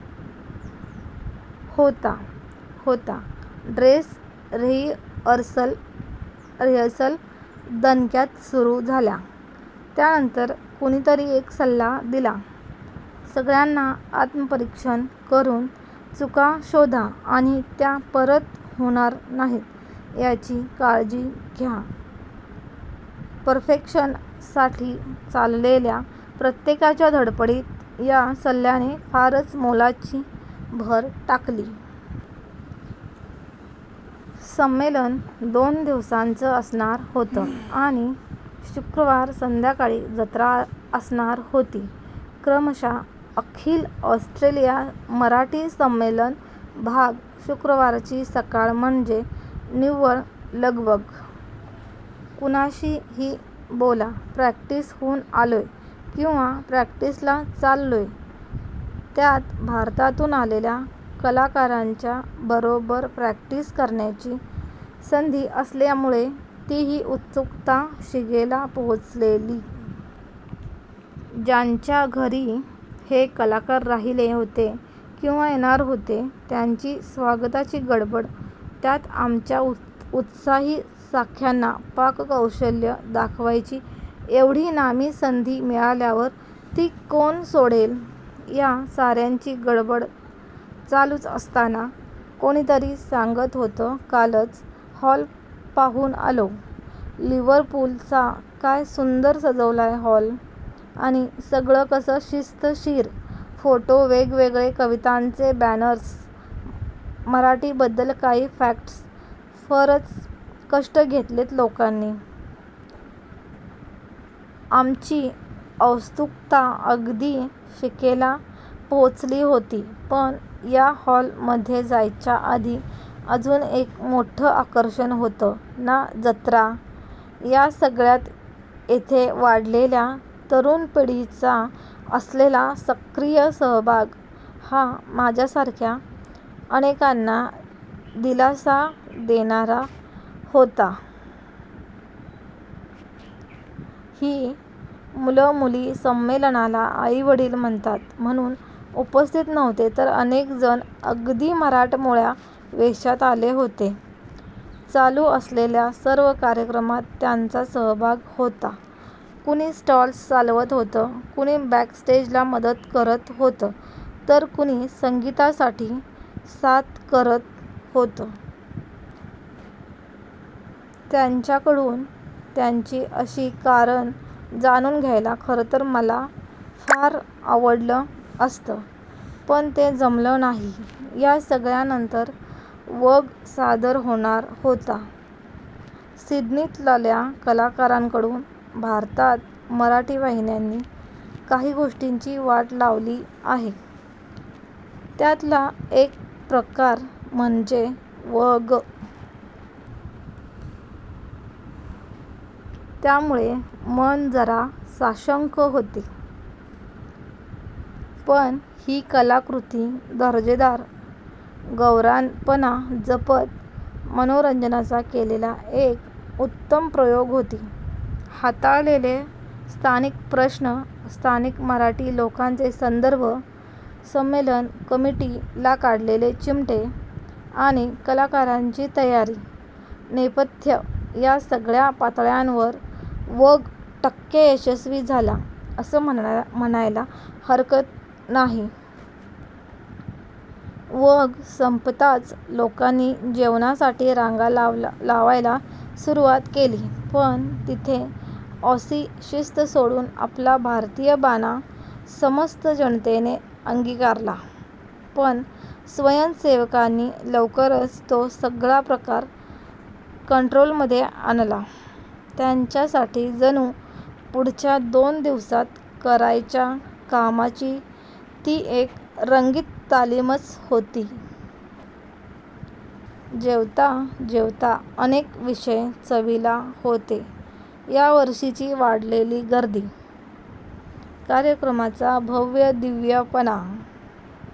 होता होता dress rehearsal grand rehearsal दणक्यात सुरू झाल्या. त्यानंतर कुणीतरी एक सल्ला दिला सगळ्याना आत्म्परीक्षण करून चुका शोधा आणि त्या परत होणार नाहीत याची काळजी घ्या. पर्फेक्षन साठी चालेल्या प्रत्येकाच्या धडपडीत या सल्ल्याने फारच मोलाची भर टाकली. संमेलन दोन दिवसांच असणार होत आणि शुक्रवार संध्याकाळी जत्रा असणार होती. -क्रमशःअखिल ऑस्ट्रेलिया मराठी संमेलन भाग शुक्रावरची सकाळ म्हणजे निव्वळ लगबग. कुणाशी ही बोलाप्रॅक्टीस हून आलोय किंवा प्रॅक्टीस ला चाललोय. त्यात भारतातून आलेल्या कलाकारांच्या बरोबर प्रॅक्टीस करण्याची संधी असल्यामुळे ती ही उत्सुकता शिगेला पोचलेली. ज्यांच्या घरी हे कलाकार राहीले होते किंवा येणार होते त्यांची स्वागताची गडबड त्यात आमच्या उत्साही साख्याना पाककौशल्य दाखवायची एवढी नामी संधी मिळाल्यावर ती कोण सोडेल. या सार्याची गडबड चालूच असताना कोणीतरी सांगत होत कालच हॉल पाहून आलो लिवरपूल चा काय सूंदर सजवलाय हॉल आणि सगळ कस शिस्त-शीर फोटो, वेगवेगळे कवितांचे बॅनर्स, मराठी बद्दल काही फॅक्ट्स फरच कष्ट घेतलेत लोकांनी. आमची औत्सुकता अगदी शिगेला पोचली होती पण या हॉल मधे जायच्या आधी अजुन एक मोठ आकर्षण होत ना जत्रा!!! या सगळ्यात एथे वाढलेल्या तरुण पिढीचा असलेला सक्रिय सहभाग हा माझ्यासारख्या अनेकाना दिलासा देणारा होता. ही मूल-मुली संमेलनाला आई वडील म्हणतात म्हणून उपस्थित नव्हते तर अनेक जण अगदी मराठमोळ्या वेषात आले होते. चालू असलेल्या सर्व कार्यक्रमात त्यांचा सहभाग होता. कुणी स्टॉल्स चालवत होत, कुणी बॅक-स्टेज ला मदत करत होत तर कुणी संगीता साठी साथ करत होत. त्यांच्याकडून त्यांची अशी कारण जाणून घ्यायला खरतर मला फार आवडल असत पण ते जमल नाही. या सगळ्या नंतर "वग" सादर होणार होता सिड्नीतल्या कलाकरांकडून. भारतात मराठी वाहिन्यानि काही गोष्टींची वाट लावली आहे त्यातला एक प्रकार म्हणजे "वग". त्यामुळे मन जरा साशंक होते. पण ही कलाकृती दर्जेदार गवरानपणा जपत, मनोरंजनाचा केलेला एक उत्तम प्रयोग होती. हाताळलेले स्थानिक प्रश्न, स्थानिक मराठी लोकांचे संदर्भ, संमेलन कमिटी ला काढलेले चिमटे, आणि कलाकारांची तयारी, नेपथ्य या सगळ्या पातळ्यांवर "वग" टक्के यशस्वी झाला अस म्हणायला हरकत नाही. वग संपताच लोकानि जेवणासाठी रांगा लावायला सुरूवात केली पण तिथे ऑसी शिस्त सोडून आपला भारतीय बाणा समस्त जनतेने अंगिकारला. पण स्वयंसेवकानी लवकरच तो सगळा प्रकार कंट्रोल मधे आणला त्यांच्या साठी जणू पुढच्या दोन दिवसात करायच्या कामाची ती एक रंगीत तालीमच होती. जेवता जेवता अनेक विषय चवीला होते यावर्षीची वाढलेली गर्दी, कार्यक्रमाचा भव्यदिव्य पणा